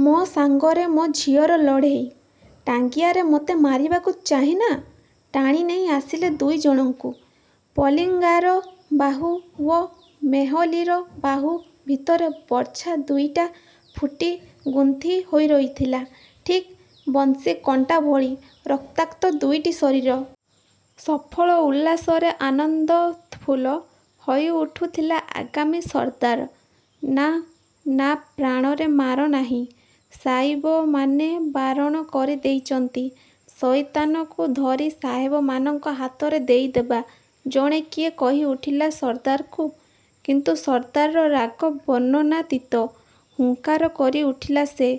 ''ମୋ ସାଂଗରେ ମୋ ଝିଅର ଲଢ଼େଇ! ଟାଂଗିଆରେ ମତେ ମାରିବାକୁ ଚାହେଁ ନା! '' ଟାଣିନେଇ ଆସିଲେ ଦୁଇ ଜଣଙ୍କୁ। ପଲିଂଗାର ବାହୁ ଓ ମେହଲୀର ବାହୁ ଭିତରେ ବର୍ଚ୍ଛା ଦୁଇଟା ଫୁଟି ଗୁନ୍ଥି ହୋଇରହିଥିଲା? ଠିକ୍ ବନ୍ଶୀ କଣ୍ଟା ଭଳି। ରକ୍ତାକ୍ତ ଦୁଇଟି ଶରୀର। ସଫଳ ଉଲ୍ଲାସରେ ଆନନ୍ଦୋତ୍ଫୁଲ୍ଲ ହୋଇଉଠୁଥିଲା ଆଂଗାମୀ ସର୍ଦ୍ଦାର। ''ନା, ନା ପ୍ରାଣରେ ମାରନାହିଁ–ସାଇବମାନେ ବାରଣ କରିଦେଇଚନ୍ତି। ଶଇତାନକୁ ଧରି ସାହେବମାନଙ୍କ ହାତରେ ଦେଇ ଦେବା। '' ଜଣେ କିଏ କହିଉଠିଲା ସର୍ଦ୍ଦାରକୁ। କିନ୍ତୁ ସର୍ଦ୍ଦାରର ରାଗ ବର୍ଣ୍ଣନାତୀତ। ହୁଙ୍କାର କରିଉଠିଲା ସେ।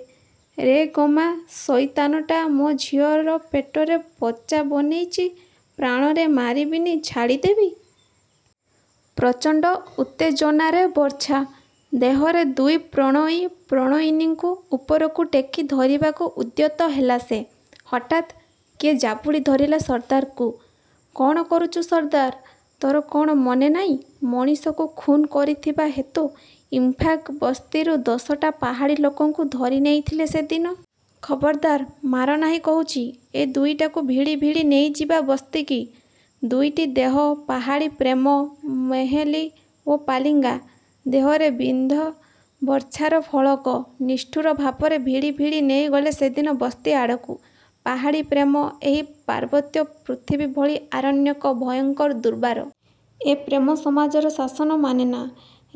''ରେଂଗମା ଶଇତାନଟା ମୋ ଝିଅର ପେଟରେ ବଚ୍ଚା ବନେଇଚି–ପ୍ରାଣରେ ମାରିବିନି ଛାଡ଼ିଦେବି? '' ପ୍ରଚଣ୍ଡ ଉତ୍ତେଜନାରେ ବର୍ଚ୍ଛା ଦେହରେ ଦୁଇ ପ୍ରଣୟୀ ପ୍ରଣୟିନୀଙ୍କୁ ଉପରକୁ ଟେକି ଧରିବାକୁ ଉଦ୍ୟତ ହେଲା ସେ। ହଠାତ୍ କିଏ ଜାବୁଡ଼ି ଧରିଲା ସର୍ଦ୍ଦାରକୁ। କ'ଣ କରୁଚୁ ସର୍ଦ୍ଦାର! ତୋର କ'ଣ ମନେ ନାଇଁ ମଣିଷକୁ ଖୁନ୍ କରିଥିବା ହେତୁ ଇମ୍ଫାଗ୍ ବସ୍ତିରୁ ଦଶଟା ପାହାଡ଼ୀ ଲୋକଙ୍କୁ ଧରି ନେଇଥିଲେ ସେଦିନ। ଖବର୍ଦାର, ମାରନାହିଁ କହୁଚି! ଏ ଦୁଇଟାକୁ ଭିଡ଼ି ଭିଡ଼ି ନେଇଯିବା ବସ୍ତକି! ଦୁଇଟି ଦେହ, ପାହାଡ଼ୀ ପ୍ରେମ–ମେହେଲୀ ଓ ପଲିଂଗା। ଦେହରେ ବିଦ୍ଧ ବର୍ଚ୍ଛାର ଫଳକ। ନିଷ୍ଠୁର ଭାବରେ ଭିଡ଼ି ଭିଡ଼ି ନେଇଗଲେ ସେଦିନ ବସ୍ତି ଆଡ଼କୁ। ପାହାଡ଼ୀ ପ୍ରେମ ଏହି ପାର୍ବତ୍ୟ ପୃଥିବୀ ଭଳି ଆରଣ୍ୟକ, ଭୟଙ୍କର, ଦୁର୍ବାର। ଏ ପ୍ରେମ ସମାଜର ଶାସନ ମାନେନା।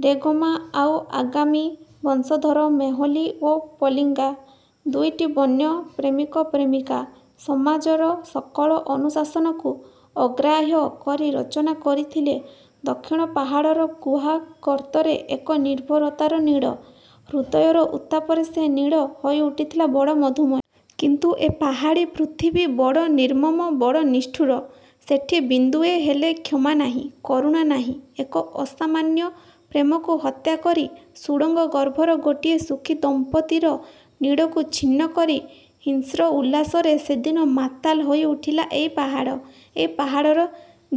ରେଂଗମା ଆଉ ଆଂଗାମୀ ବଂଶଧର ମେହଲୀ ଓ ପଲିଂଗା। ଦୁଇଟି ବନ୍ୟ ପ୍ରେମିକ ପ୍ରେମିକା। ସମାଜର ସକଳ ଅନୁଶାସନକୁ ଅଗ୍ରାହ୍ୟ କରି ରଚନା କରିଥିଲେ ଦକ୍ଷିଣ ପାହାଡ଼ର ଗୁହାଗର୍ତ୍ତରେ ଏକ ନିର୍ଭରତାର ନୀଡ଼। ହୃଦୟର ଉତ୍ତାପରେ ସେ ନୀଡ଼ ହୋଇଉଠିଥିଲା ବଡ଼ ମଧୁମୟ। କିନ୍ତୁ ଏ ପାହାଡ଼ୀ ପୃଥିବୀ ବଡ଼ ନିର୍ମମ ବଡ଼ ନିଷ୍ଠୁର। ସେଠି ବିନ୍ଦୁଏ ହେଲେ କ୍ଷମା ନାହିଁ, କରୁଣା ନାହିଁ। ଏକ ଅସାମାନ୍ୟ ପ୍ରେମକୁ ହତ୍ୟାକରି ସୁଡ଼ଙ୍ଗଗର୍ଭର ଗୋଟିଏ ସୁଖୀ ଦମ୍ପତିର ନୀଡ଼କୁ ଛିନ୍ନ କରି ହିଂସ୍ର ଉଲ୍ଲାସରେ ସେଦିନ ମାତାଲ ହୋଇଉଠିଲା ଏହି ପାହାଡ଼, ଏହି ପାହାଡ଼ର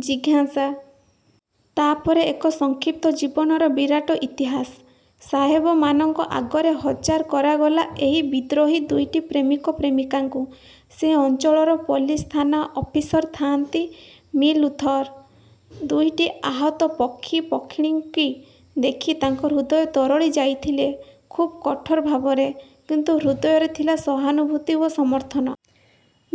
ଜିଘାଂସା। ତା'ପରେ ଏକ ସଂକ୍ଷିପ୍ତ ଜୀବନର ବିରାଟ ଇତିହାସ। ସାହେବମାନଙ୍କ ଆଗରେ ହାଜର କରାଗଲା ଏହି ବିଦ୍ରୋହୀ ଦୁଇଟି ପ୍ରେମିକ-ପ୍ରେମିକାଙ୍କୁ। ସେ ଅଞ୍ଚଳର ପୋଲିସଥାନା ଅଫିସର ଥାଆନ୍ତି ମିଃ ଲୁଥର। ଦୁଇଟି ଆହତ ପକ୍ଷୀପକ୍ଷିଣୀଙ୍କି ଦେଖି ତାଙ୍କ ହୃଦୟ ତରଳି ଯାଇଥିଲେ ଖୁବ୍ କଠୋର ଭାବରେ। କିନ୍ତୁ ହୃଦୟରେ ଥିଲା ସହାନୁଭୂତି ଓ ସମର୍ଥନ।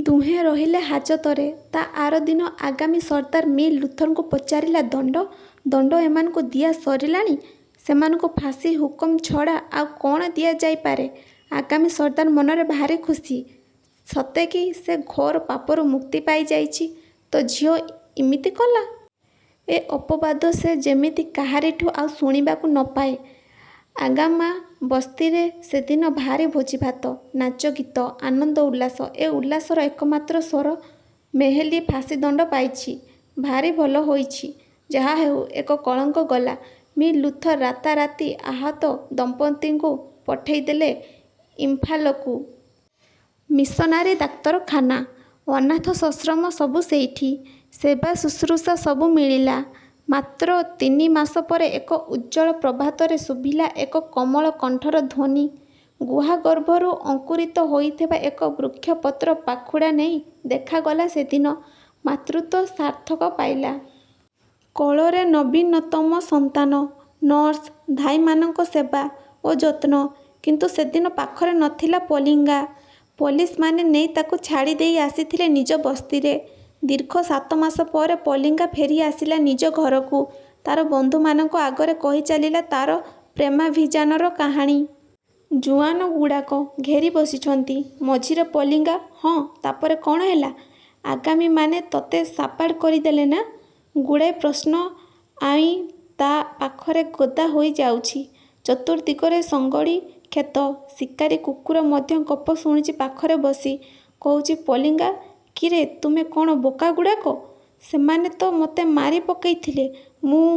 ଦୁହେଁ ରହିଲେ ହାଜତରେ। ତା ଆରଦିନ ଆଙ୍ଗାମୀ ସର୍ଦ୍ଦାର ମିଃ ଲୁଥରଙ୍କୁ ପଚାରିଲା–ଦଣ୍ଡ? –ଦଣ୍ଡ ଏମାନଙ୍କୁ ଦିଆସରିଲାଣି। ସେମାନଙ୍କୁ ଫାଶି ହୁକୁମ ଛଡ଼ା ଆଉ କ'ଣ ଦିଆଯାଇପାରେ? ଆଙ୍ଗାମୀ ସର୍ଦ୍ଦାର ମନରେ ଭାରି ଖୁସି। ସତେ କି ସେ ଘୋର ପାପରୁ ମୁକ୍ତି ପାଇଯାଇଛି। ''ତୋ ଝିଅ ଇମିତି କଲା? '' –ଏ ଅପବାଦ ସେ ଯେମିତି କାହାରିଠୁ ଆଉ ଶୁଣିବାକୁ ନ ପାଏ। ଆଙ୍ଗାମା ବସ୍ତିରେ ସେଦିନ ଭାରି ଭୋଜିଭାତ, ନାଚ ଗୀତ, ଆନନ୍ଦ ଉଲ୍ଲାସ–ଏ ଉଲ୍ଲାସର ଏକମାତ୍ର ସ୍ୱର–''ମେହେଲୀ ଫାଶି ଦଣ୍ଡ ପାଇଛି, ଭାରିଭଲ ହୋଇଛି–ଯାହାହେଉ ଏକ କଳଙ୍କ ଗଲା। '' ମିଃ ଲୁଥର ରାତାରାତି ଆହତ ଦମ୍ପତିଙ୍କୁ ପଠେଇଦେଲେ ଇମ୍ଫାଲକୁ। ମିଶନାରୀ ଡାକ୍ତରଖାନା, ଅନାଥଶଶ୍ରମ ସବୁ ସେଇଠି। ସେବା ଶୁଶ୍ରୁଷା ସବୁ ମିଳିଲା। ମାତ୍ର ତିନି ମାସ ପରେ ଏକ ଉଜ୍ଜ୍ୱଳ ପ୍ରଭାତରେ ଶୁଭିଲା ଏକ କୋମଳ କଣ୍ଠର ଧ୍ୱନି। ଗୁହାଗର୍ଭରୁ ଅଙ୍କୁରିତ ହୋଇଥିବା ଏକ ବୃକ୍ଷପତ୍ର ପାଖୁଡ଼ା ନେଇ ଦେଖାଗଲା ସେଦିନ। ମାତୃତ୍ୱ ସାର୍ଥକ ହେଲା। କୋଳରେ ନବୀନତମ ସନ୍ତାନ। ନର୍ସ, ଧାଇମାନଙ୍କ ସେବା ଓ ଯତ୍ନ। କିନ୍ତୁ ସେଦିନ ପାଖରେ ନଥିଲା ପଲିଙ୍ଗା-। ପୋଲିସମାନେ ନେଇ ତାକୁ ଛାଡ଼ିଦେଇ ଆସିଥିଲେ ନିଜ ବସ୍ତିରେ। ଦୀର୍ଘ ସାତମାସ ପରେ ପଲିଙ୍ଗା ଫେରିଆସିଲା ନିଜ ଘରକୁ। ତାର ବନ୍ଧୁମାନଙ୍କ ଆଗରେ କହିଚାଲିଲା ତାର ପ୍ରେମାଭିଯାନର କାହାଣୀ। ଜୁଆନଗୁଡ଼ାକ ଘେରି ବସିଛନ୍ତି, ମଝିରେ ପଲିଙ୍ଗା–ହଁ, ତାପରେ କ'ଣ ହେଲା? ଆଂଗାମୀମାନେ ତତେ ସାବାଡ଼ କରିଦେଲେ ନା? ଗୁଡ଼ାଏ ପ୍ରଶ୍ନ ଆଓି ତା ପାଖରେ ଗଦା ହୋଇଯାଉଛି। ଚତୁର୍ଦ୍ଦିଗରେ ସିଂଗଡ଼ି କ୍ଷେତ। ଶିକାରୀ କୁକୁର ମଧ୍ୟ ଗପ ଶୁଣୁଚି ପାଖରେ ବସି। କହୁଚି ପଲିଂଗା–କିରେ, ତୁମେ କ'ଣ ବୋକାଗୁଡ଼ାକ? ସେମାନେ ତ ମତେ ମାରି ପକାଇଥିଲେ, ମୁଁ।